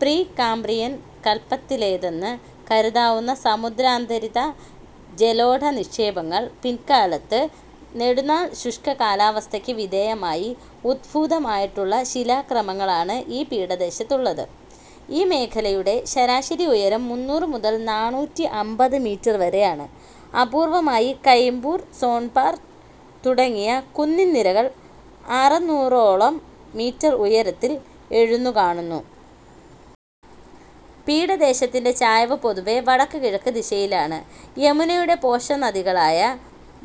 Pre Cambrian കൽപ്പത്തിലേതെന്ന് കരുതാവുന്ന സമുദ്രാന്തരിത ജലോഢ നിക്ഷേപങ്ങൾ പിൽക്കാലത്ത് നെടുനാൾ ശുഷ്ക കാലാവസ്ഥയ്ക്ക് വിധേയമായി ഉദ്ഭൂതമായിട്ടുള്ള ശിലാക്രമങ്ങളാണ് ഈ പീഠദേശത്തുള്ളത്. ഈ മേഖലയുടെ ശരാശരി ഉയരം മൂന്നൂറ് മുതൽ നാനൂറ്റി അമ്പത് മീറ്റർ വരെയാണ്. അപൂർവമായി കയിംപൂർ, സോൺപാർ തുടങ്ങിയ കുന്നിൻ നിരകൾ ആറന്നൂറോളം മീറ്റർ ഉയരത്തിൽ എഴുന്നു കാണുന്നു. പീഠദേശത്തിൻ്റെ ചായ്‌വ് പൊതുവേ വടക്കുകിഴക്ക് ദിശയിലാണ്. യമുനയുടെ പോഷകനദികളായ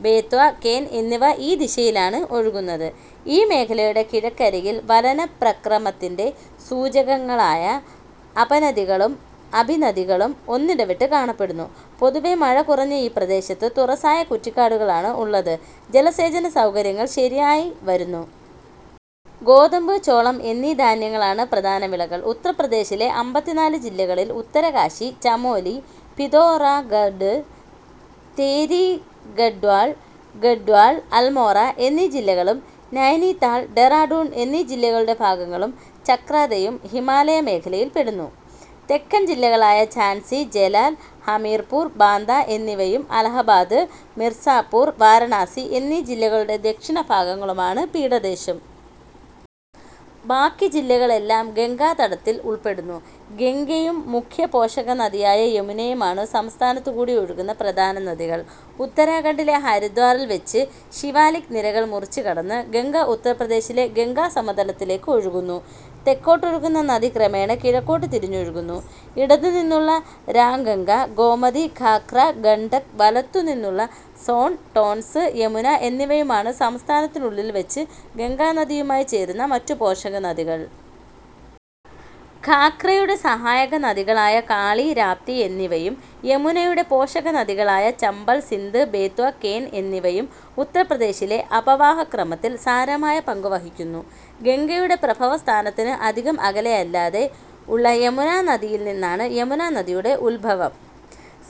ബേത്വ, കേൻ എന്നിവ ഈ ദിശയിലാണ് ഒഴുകുന്നത്. ഈ മേഖലയുടെ കിഴക്കരികിൽ വലന പ്രക്രമത്തിൻ്റെ സൂചകങ്ങളായ അപനതികളും അഭിനദികളും ഒന്നിടവിട്ട് കാണപ്പെടുന്നു. പൊതുവേ മഴ കുറഞ്ഞ ഈ പ്രദേശത്ത് തുറസ്സായ കുറ്റിക്കാടുകളാണ് ഉള്ളത്. ജലസേചന സൗകര്യങ്ങൾ ശരിയായി വരുന്നു. ഗോതമ്പ്, ചോളം എന്നീ ധാന്യങ്ങളാണ് പ്രധാന വിളകൾ. ഉത്തർപ്രദേശിലെ അമ്പത്തിനാല് ജില്ലകളിൽ ഉത്തരകാശി, ചമോലി, പിതോറാഗഡ്, തേരീഗഡ്വാൾ, ഗഡ്വാൾ, അൽമോറ എന്നീ ജില്ലകളും നൈനീതാൾ, ഡെറാഡൂൺ എന്നീ ജില്ലകളുടെ ഭാഗങ്ങളും ചക്രാതയും ഹിമാലയ മേഖലയിൽ പെടുന്നു. തെക്കൻ ജില്ലകളായ ഝാൻസി, ജലാൻ, ഹമീർപൂർ, ബാന്ദ എന്നിവയും അലഹബാദ്, മിർസാപൂർ, വരാണസി എന്നീ ജില്ലകളുടെ ദക്ഷിണ ഭാഗങ്ങളുമാണ് പീഠദേശം. ബാക്കി ജില്ലകൾ എല്ലാം ഗംഗാതടത്തിൽ ഉൾപ്പെടുന്നു. ഗംഗയും മുഖ്യ പോഷകനദിയായ യമുനയുമാണ് സംസ്ഥാനത്തു കൂടി ഒഴുകുന്ന പ്രധാന നദികൾ. ഉത്തരാഖണ്ഡിലെ ഹരിദ്വാറിൽ വച്ച് ശിവാലിക് നിരകൾ മുറിച്ചു കടന്ന്, ഗംഗ, ഉത്തർപ്രദേശിലെ ഗംഗാ സമതലത്തിലേക്ക് ഒഴുകുന്നു. തെക്കോട്ടൊഴുകുന്ന നദി ക്രമേണ കിഴക്കോട്ട് തിരിഞ്ഞ് ഒഴുകുന്നു. ഇടത്തു നിന്നുള്ള രാംഗംഗ, ഗോമതി, ഘാഘ്ര, ഗണ്ഡക്, വലത്തു നിന്നുള്ള സോൺ, ടോൺസ്, യമുന എന്നിവയുമാണ് സംസ്ഥാനത്തിനുള്ളിൽ വച്ച് ഗംഗയുമായി ചേരുന്ന മറ്റു പോഷകനദികൾ. ഘാഘ്രയുടെ സഹായക നദികളായ കാളി, രാപ്തി എന്നിവയും യമുനയുടെ പോഷകനദികളായ ചംബൽ, സിന്ധ്, ബേത്വ, കേൻ എന്നിവയും ഉത്തർപ്രദേശിലെ അപവാഹ ക്രമത്തിൽ സാരമായ പങ്കു വഹിക്കുന്നു. ഗംഗയുടെ പ്രഭവസ്ഥാനത്തിന് അധികം അകലെയല്ലാതെ ഉള്ള യമുനാ ഹിമാനിയിൽ നിന്നാണ് യമുനാ നദിയുടെ ഉദ്ഭവം.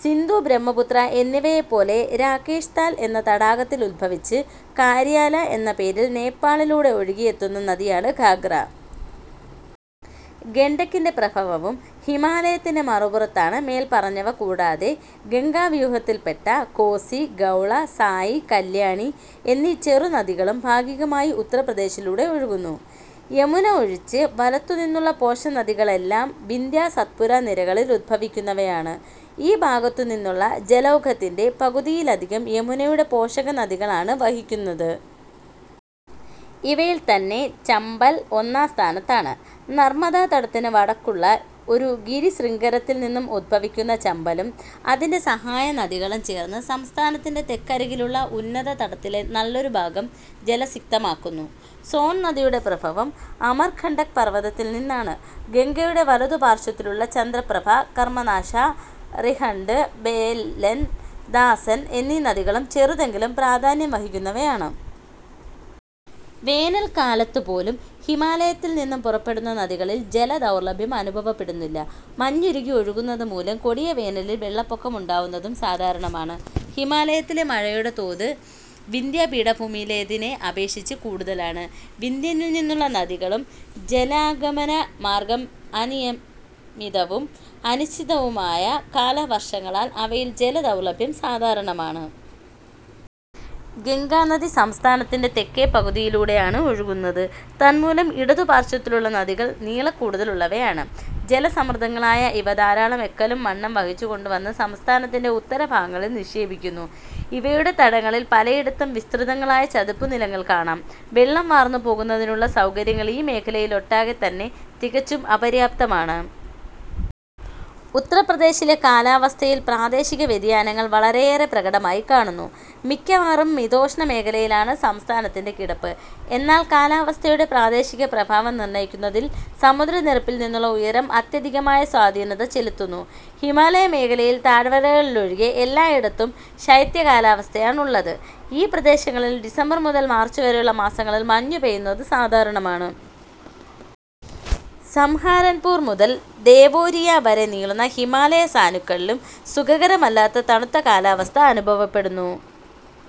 സിന്ധു, ബ്രഹ്മപുത്ര എന്നിവയെ പോലെ രാകേഷ്താൽ എന്ന തടാകത്തിൽ ഉദ്ഭവിച്ച് കാരിയാല എന്ന പേരിൽ നേപ്പാളിലൂടെ ഒഴുകി എത്തുന്ന നദിയാണ് ഘാഘ്ര. ഗണ്ഡക്കിൻ്റെ പ്രഭവവും ഹിമാലയത്തിൻ്റെ മറുപുറത്താണ്. മേൽപ്പറഞ്ഞവ കൂടാതെ ഗംഗാ വ്യൂഹത്തിൽപ്പെട്ട കോസി, ഗൗള, സായി, കല്യാണി എന്നീ ചെറുനദികളും ഭാഗികമായി ഉത്തർപ്രദേശിലൂടെ ഒഴുകുന്നു. യമുന ഒഴിച്ച് വലത്തു നിന്നുള്ള പോഷകനദികളെല്ലാം വിന്ധ്യാ സത്പുരാ നിരകളിൽ ഉദ്ഭവിക്കുന്നവയാണ്. ഈ ഭാഗത്തു നിന്നുള്ള ജലൗഘത്തിൻ്റെ പകുതിയിലധികം യമുനയുടെ പോഷകനദികളാണ് വഹിക്കുന്നത്. ഇവയിൽത്തന്നെ ചംബൽ ഒന്നാം സ്ഥാനത്താണ്. നർമദാ തടത്തിന് വടക്കുള്ള ഒരു ഗിരിശൃംഗത്തിൽ നിന്നും ഉദ്ഭവിക്കുന്ന ചംബലും അതിൻ്റെ സഹായ നദികളും ചേർന്ന് സംസ്ഥാനത്തിൻ്റെ തെക്കരികിലുള്ള ഉന്നത തടത്തിലെ നല്ലൊരു ഭാഗം ജലസിക്തമാക്കുന്നു. സോൺ നദിയുടെ പ്രഭവം അമർകണ്ടക് പർവതത്തിൽ നിന്നാണ്. ഗംഗയുടെ വലതു പാർശ്വത്തിലുള്ള ചന്ദ്രപ്രഭ, കർമനാശ, റിഹൻഡ്, ബേലൻ, ദാസൻ എന്നീ നദികളും ചെറുതെങ്കിലും പ്രാധാന്യം വഹിക്കുന്നവയാണ്. വേനൽക്കാലത്ത് പോലും ഹിമാലയത്തിൽ നിന്ന് പുറപ്പെടുന്ന നദികളിൽ ജലദൗർലഭ്യം അനുഭവപ്പെടുന്നില്ല. മഞ്ഞുരുകി ഒഴുകുന്നത് മൂലം കൊടിയ വേനലിൽ വെള്ളപ്പൊക്കം ഉണ്ടാവുന്നതും സാധാരണമാണ്. ഹിമാലയത്തിലെ മഴയുടെ തോത് വിന്ധ്യാ പീഠഭൂമിയിലേതിനെ അപേക്ഷിച്ച് കൂടുതലാണ്. വിന്ധ്യനിൽ നിന്നുള്ള നദികളിലെ ജലാഗമന മാർഗ്ഗം അനിയമിതവും അനിശ്ചിതവുമായ കാലവർഷങ്ങളാൽ അവയിൽ ജലദൗർലഭ്യം സാധാരണമാണ്. ഗംഗാനദി സംസ്ഥാനത്തിൻ്റെ തെക്കേ പകുതിയിലൂടെയാണ് ഒഴുകുന്നത്. തന്മൂലം ഇടതു പാർശ്വത്തിലുള്ള നദികൾ നീളക്കൂടുതലുള്ളവയാണ്. ജലസമൃദ്ധങ്ങളായ ഇവ ധാരാളം എക്കലും മണ്ണും വഹിച്ചു കൊണ്ടുവന്ന് സംസ്ഥാനത്തിൻ്റെ ഉത്തര ഭാഗങ്ങളിൽ നിക്ഷേപിക്കുന്നു. ഇവയുടെ തടങ്ങളിൽ പലയിടത്തും വിസ്തൃതങ്ങളായ ചതുപ്പുനിലങ്ങൾ കാണാം. വെള്ളം വാർന്നു പോകുന്നതിനുള്ള സൗകര്യങ്ങൾ ഈ മേഖലയിലൊട്ടാകെത്തന്നെ തികച്ചും അപര്യാപ്തമാണ്. ഉത്തർപ്രദേശിലെ കാലാവസ്ഥയിൽ പ്രാദേശിക വ്യതിയാനങ്ങൾ വളരെയേറെ പ്രകടമായി കാണുന്നു. മിക്കവാറും മിതോഷ്ണ മേഖലയിലാണ് സംസ്ഥാനത്തിൻ്റെ കിടപ്പ്, എന്നാൽ കാലാവസ്ഥയുടെ പ്രാദേശിക സ്വഭാവം നിർണയിക്കുന്നതിൽ സമുദ്രനിരപ്പിൽ നിന്നുള്ള ഉയരം അത്യധികമായ സ്വാധീനത ചെലുത്തുന്നു. ഹിമാലയ മേഖലയിൽ താഴ്‌വരകളിലൊഴികെ എല്ലായിടത്തും ശൈത്യ കാലാവസ്ഥയാണുള്ളത്. ഈ പ്രദേശങ്ങളിൽ ഡിസംബർ മുതൽ മാർച്ച് വരെയുള്ള മാസങ്ങളിൽ മഞ്ഞുപെയ്യുന്നത് സാധാരണമാണ്. സഹാരൻപൂർ മുതൽ ദേവോരിയ വരെ നീളുന്ന ഹിമാലയ സാനുക്കളിലും സുഖകരമല്ലാത്ത തണുത്ത കാലാവസ്ഥ അനുഭവപ്പെടുന്നു.